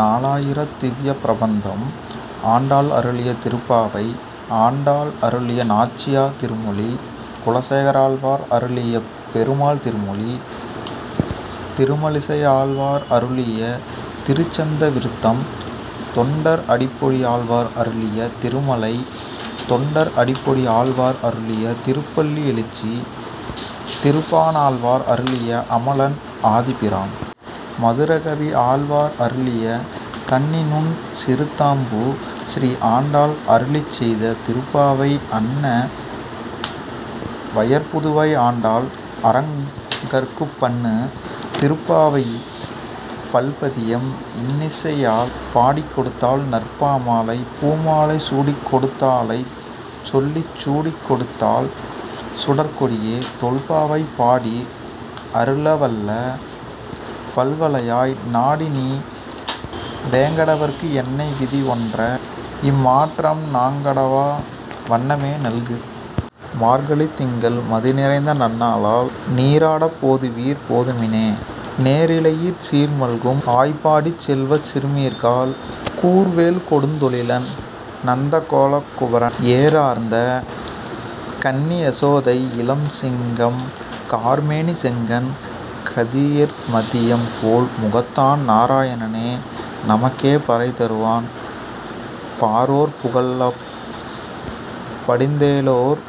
நாலாயிரத் திவ்வியப் பிரபந்தம். ஆண்டாள் அருளிய திருப்பாவை. ஆண்டாள் அருளிய நாச்சியார் திருமொழி. குலசேகராழ்வார் அருளிய பெருமாள் திருமொழி. திருமழிசை ஆழ்வார் அருளிய திருச்சந்த விருத்தம். தொண்டர் அடிப்பொடி ஆழ்வார் அருளிய திருமலை. தொண்டர் அடிப்பொடி ஆழ்வார் அருளிய திருப்பள்ளி எழுச்சி. திருப்பாணாழ்வார் அருளிய அமலன் ஆதிபிரான். மதுரகவி ஆழ்வார் அருளிய கண்ணி நுண் சிறுத்தாம்பு ஸ்ரீ ஆண்டாள் அருளிச் செய்த திருப்பாவை அன்ன வயற்புதுவை ஆண்டாள் அரங்கற்குப் பன்னு திருப்பாவைப் பல்பதியம் இன்னிசையால் பாடிக்கொடுத்தாள் நற்பாமாலை பூமாலை சூடிக் கொடுத்தாளைச் சொல்லு சூடிக் கொடுத்தாள் சுடர்க் கொடியே தொல்பாவை பாடி அருளவல்ல பல்வளையாய் நாடி நீ வேங்கடவற்கு என்னை விதி ஒன்ற இம்மாற்றம் நாங்கடவா வண்ணமே நல்கு. மார்கழித் திங்கள் மதி நிறைந்த நன்னாளால் நீராடப் போதுவீர் போதுமினோ நேரிழையீர் சீர் மல்கும் ஆய்ப்பாடிச் செல்வச் சிறுமீர்காள் கூர்வேல் கொடுந்தொழிலன் நந்தகோபன் குமரன் ஏரார்ந்த கண்ணி யசோதை இளம் சிங்கம் கார் மேனி செங்கண் கதிர் மதியம் போல் முகத்தான் நாராயணனே நமக்கே பறை தருவான் பாரோர் புகழப் படிந்தேலோர்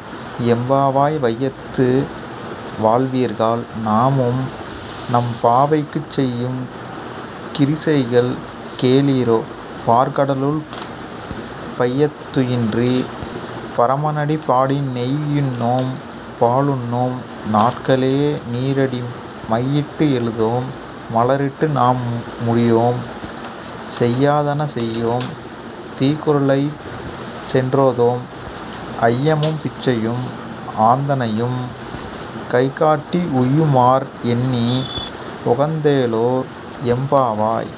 எம்பாவாய் வையத்து வாழ்வீர்காள் நாமும் நம்பாவைக்குச் செய்யும் கிரிசைகள் கேளீரோ பாற்கடலுள் பையத் துயின்ற பரமனடி பாடி நெய்யுண்ணோம் பாலுண்ணோம் நாட்காலே நீராடி மையிட்டு எழுதோம் மலரிட்டு நாம் முடியோம் செய்யாதன செய்யோம் தீக்குறளைச் சென்றோதோம் ஐயமும் பிச்சையும் ஆந்தனையும் கை காட்டி உய்யுமாற் எண்ணி உகந்தேலோர் எம்பாவாய்.